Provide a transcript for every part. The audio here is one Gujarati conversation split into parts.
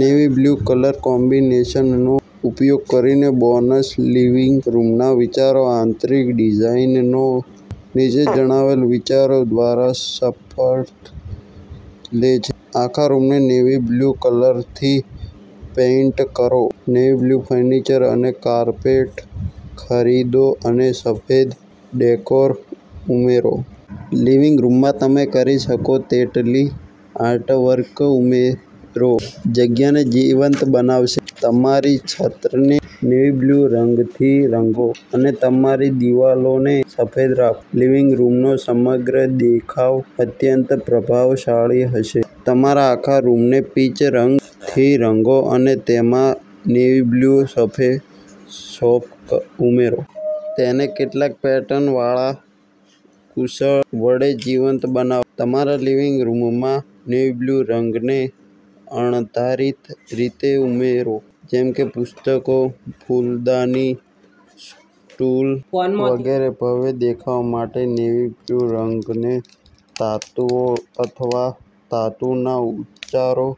નેવી-બ્લુ કલર કોમ્બિનેશનનો ઉપયોગ કરીને બોનસ લિવિંગ રૂમના વિચારો આંતરિક ડિઝાઇનરો નીચે જણાવેલ વિચારો દ્વારા શપથ લે છે. આખા રૂમને નેવી-બ્લુ કલરથી પેઈન્ટ કરો, નેવી-બ્લુ ફર્નિચર અને કાર્પેટ ખરીદો અને સફેદ ડેકોર ઉમેરો. લિવિંગ રૂમમાં તમે કરી શકો તેટલી આર્ટવર્ક ઉમેરો. જગ્યાને જીવંત બનાવશે. તમારી છતને નેવી-બ્લુ રંગથી રંગો અને તમારી દિવાલોને સફેદ રાખો. લિવિંગ રૂમનો સમગ્ર દેખાવ અત્યંત પ્રભાવશાળી હશે. તમારા આખા રૂમને પીચ રંગથી રંગો અને તેમાં નેવી-બ્લુ સફેદ સફ સોફા ઉમેરો. તેને કેટલાક પેટર્નવાળા કુશન વડે જીવંત બનાવો. તમારા લિવિંગ રૂમમાં નેવી-બ્લુ રંગને અણધારી રીતે ઉમેરો, જેમ કે પુસ્તકો, ફૂલદાની, સ્ટૂલ વગેરે. ભવ્ય દેખાવ માટે, નેવી-બ્લુ રંગને ધાતુઓ અથવા ધાતુના ઉચ્ચારો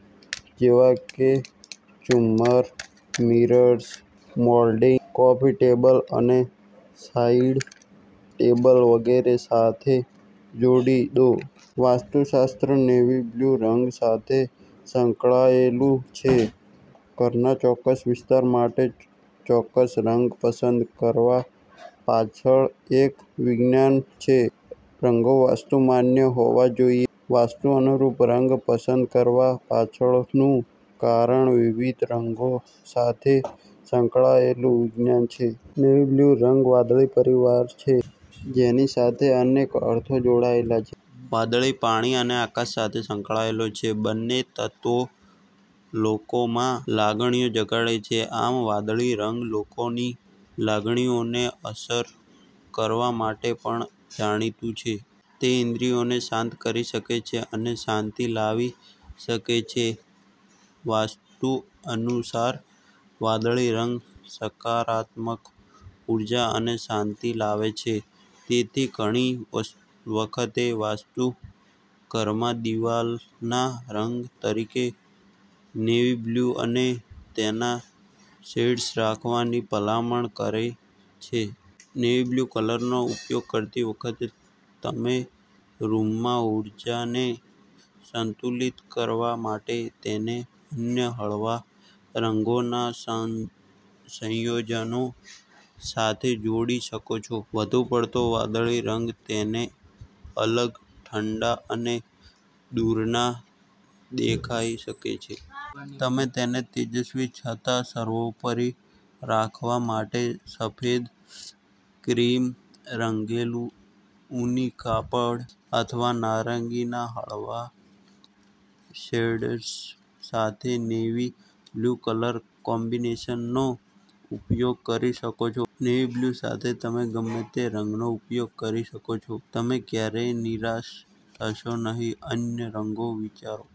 જેવા કે ઝુમ્મર, મિરર્સ, મોલ્ડિંગ્સ, કોફી ટેબલ અને સાઇડ ટેબલ વગેરે સાથે જોડી દો. વાસ્તુશાસ્ત્ર નેવી બ્લુ રંગ સાથે સંકળાયેલું છે ઘરના ચોક્કસ વિસ્તાર માટે ચોક્કસ રંગ પસંદ કરવા પાછળ એક વિજ્ઞાન છે. રંગો વાસ્તુ માન્ય હોવા જોઈએ. વાસ્તુ અનુરૂપ રંગ પસંદ કરવા પાછળનું કારણ વિવિધ રંગો સાથે સંકળાયેલું વિજ્ઞાન છે. નેવી બ્લુ રંગ વાદળી પરિવાર છે, જેની સાથે અનેક અર્થો જોડાયેલા છે. વાદળી પાણી અને આકાશ સાથે સંકળાયેલ છે. બંને તત્વો લોકોમાં લાગણીઓ જગાડે છે. આમ વાદળી રંગ લોકોની લાગણીઓને અસર કરવા માટે પણ જાણીતું છે. તે ઇન્દ્રિયોને શાંત કરી શકે છે અને શાંતિ લાવી શકે છે. વાસ્તુ અનુસાર વાદળી રંગ સકારાત્મક ઉર્જા અને શાંતિ લાવે છે. તેથી ઘણી વસ વખત, વાસ્તુ ઘરમાં દિવાલના રંગ તરીકે નેવી બ્લુ અને તેના શેડ્સ રાખવાની ભલામણ કરે છે. નેવી બ્લુ કલરનો ઉપયોગ કરતી વખતે, તમે રૂમમાં ઊર્જાને સંતુલિત કરવા માટે તેને અન્ય હળવા રંગોના સાં સંયોજનો સાથે જોડી શકો છો. વધુ પડતો વાદળી રંગ તેને અલગ, ઠંડા અને દૂરના દેખાઈ શકે છે. તમે તેને તેજસ્વી છતાં સર્વોપરી રાખવા માટે સફેદ, ક્રીમ, રંગેલું ઊની કાપડ અથવા નારંગીના હળવા શેડ્સ સાથે નેવી-બ્લુ કલર કોમ્બિનેશનનો ઉપયોગ કરી શકો છો. નેવી-બ્લુ સાથે તમે ગમે તે રંગો નો ઉપયોગ કરો છો, તમે ક્યારેય નિરાશ થશો નહીં. અન્ય રંગ વિચારો.